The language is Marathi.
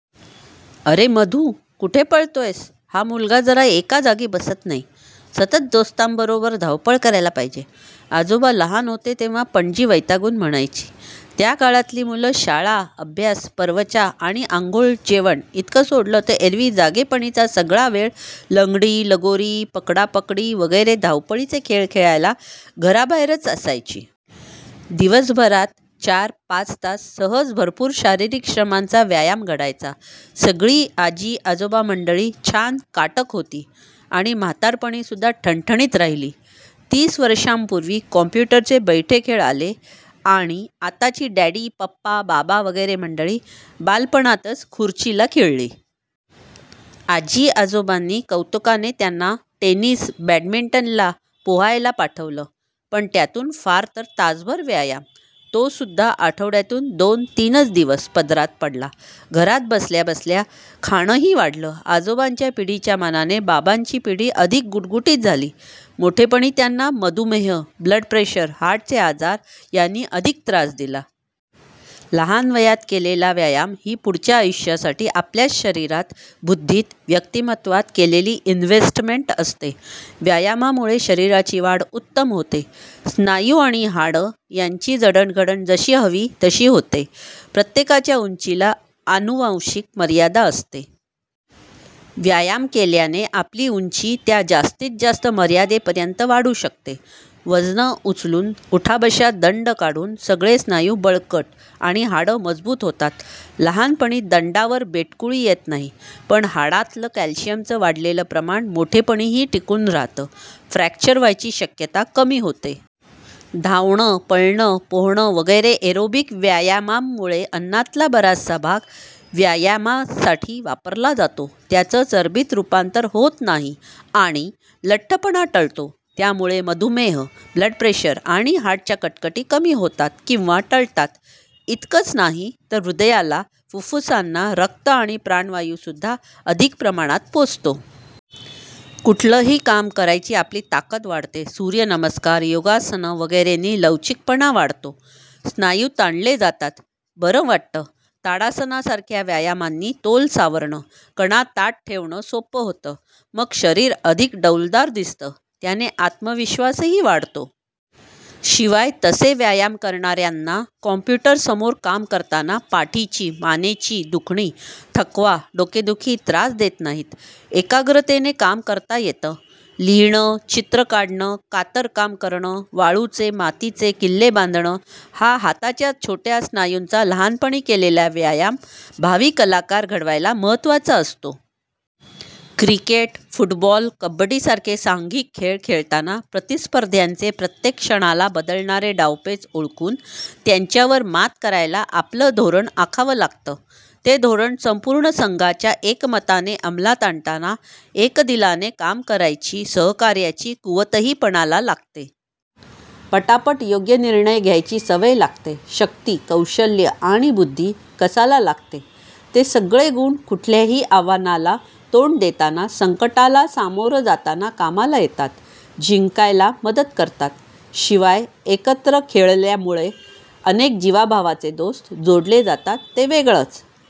अरे मधू, कुठे पळतोयस? हा मुलगा जरा एका जागी बसत नाही! सतत दोस्तांबरोबर धावपळ करायला पाहिजे!' आजोबा लहान होते तेव्हा पणजी वैतागून म्हणायची! त्या काळातली मुलं शाळा-अभ्यास-परवचा आणि अंघोळ-जेवण इतकं सोडलं तर एरवी जागेपणीचा सगळा वेळ लंगडी, लगोरी, पकडापकडी वगैरे धावपळीचे खेळ खेळायला घराबाहेरच असायची. दिवसभरात चार-पाच तास सहज भरपूर शारीरिक श्रमांचा व्यायाम घडायचा. सगळी आजी-आजोबामंडळी छान काटक होती आणि म्हातारपणीसुद्धा ठणठणीत राहिली. तीस वर्षांपूर्वी कॉम्प्युटरचे बैठे खेळ आले आणि आताची डॅडी, पप्पा, बाबा वगैरे मंडळी बालपणातच खुर्चीला खिळली. आजी-आजोबांनी कौतुकाने त्यांना टेनिस-बॅडमिंटनला, पोहायला पाठवलं. पण त्यातून फारतर तासभर व्यायाम, तोसुद्धा आठवड्यातून दोन-तीनच दिवस पदरात पडला. घरात बसल्या-बसल्या खाणंही वाढलं. आजोबांच्या पिढीच्या मानाने बाबांची पिढी अधिक गुटगुटीत झाली. मोठेपणी त्यांना मधुमेह, ब्लड प्रेशर, हार्टचे आजार यांनी अधिक त्रास दिला. लहान वयात केलेला व्यायाम ही पुढच्या आयुष्यासाठी आपल्याच शरीरात, बुद्धीत, व्यक्तिमत्त्वात केलेली इनव्हेस्टमेंट असते. व्यायामामुळे शरीराची वाढ उत्तम होते. स्नायू आणि हाडं यांची जडणघडण जशी हवी तशी होते. प्रत्येकाच्या उंचीला आनुवांशिक मर्यादा असते. व्यायाम केल्याने आपली उंची त्या जास्तीत जास्त मर्यादेपर्यंत वाढू शकते. वजनं उचलून, उठाबशा-दंड काढून सगळे स्नायू बळकट आणि हाडं मजबूत होतात. लहानपणी दंडावर बेटकुळी येत नाही. पण हाडांतलं कॅल्शियमचं वाढलेलं प्रमाण मोठेपणीही टिकून राहातं, फ्रॅक्चर व्हायची शक्यता कमी होते. धावणं, पळणं, पोहणं वगैरे एरोबिक व्यायामांमुळे अन्नातला बराचसा भाग व्यायामासाठी वापरला जातो, त्याचं चरबीत रूपांतर होत नाही आणि लठ्ठपणा टळतो. त्यामुळे मधुमेह, ब्लड प्रेशर आणि हार्टच्या कटकटी कमी होतात किंवा टळतात. इतकंच नाही तर हृदयाला, फुप्फुसांना रक्त आणि प्राणवायूसुद्धा अधिक प्रमाणात पोचतो. कुठलंही काम करायची आपली ताकद वाढते. सूर्यनमस्कार, योगासनं वगैरेंनी लवचिकपणा वाढतो, स्नायू ताणले जातात, बरं वाटतं. ताडासनासारख्या व्यायामांनी तोल सावरणं, कणा ताठ ठेवणं सोपं होतं. मग शरीर अधिक डौलदार दिसतं. त्याने आत्मविश्वासही वाढतो. शिवाय तसे व्यायाम करणाऱ्यांना कॉम्प्युटरसमोर काम करताना पाठीची, मानेची दुखणी, थकवा, डोकेदुखी त्रास देत नाहीत. एकाग्रतेने काम करता येतं. लिहिणं, चित्र काढणं, कातरकाम करणं, वाळूचे, मातीचे किल्ले बांधणं हा हाताच्या छोट्या स्नायूंचा लहानपणी केलेला व्यायाम भावी कलाकार घडवायला महत्त्वाचा असतो. क्रिकेट, फुटबॉल, कबड्डीसारखे सांघिक खेळ खेळताना प्रतिस्पर्ध्यांचे प्रत्येक क्षणाला बदलणारे डावपेच ओळखून त्यांच्यावर मात करायला आपलं धोरण आखावं लागतं. ते धोरण संपूर्ण संघाच्या एकमताने अमलात आणताना एकदिलाने काम करायची, सहकार्याची कुवतही पणाला लागते. पटापट योग्य निर्णय घ्यायची सवय लागते. शक्ती, कौशल्य आणि बुद्धी कसाला लागते. ते सगळे गुण कुठल्याही आव्हानाला तोंड देताना, संकटाला सामोरं जाताना कामाला येतात, जिंकायला मदत करतात. शिवाय एकत्र खेळल्यामुळे अनेक जिवाभावाचे दोस्त जोडले जातात ते वेगळंच!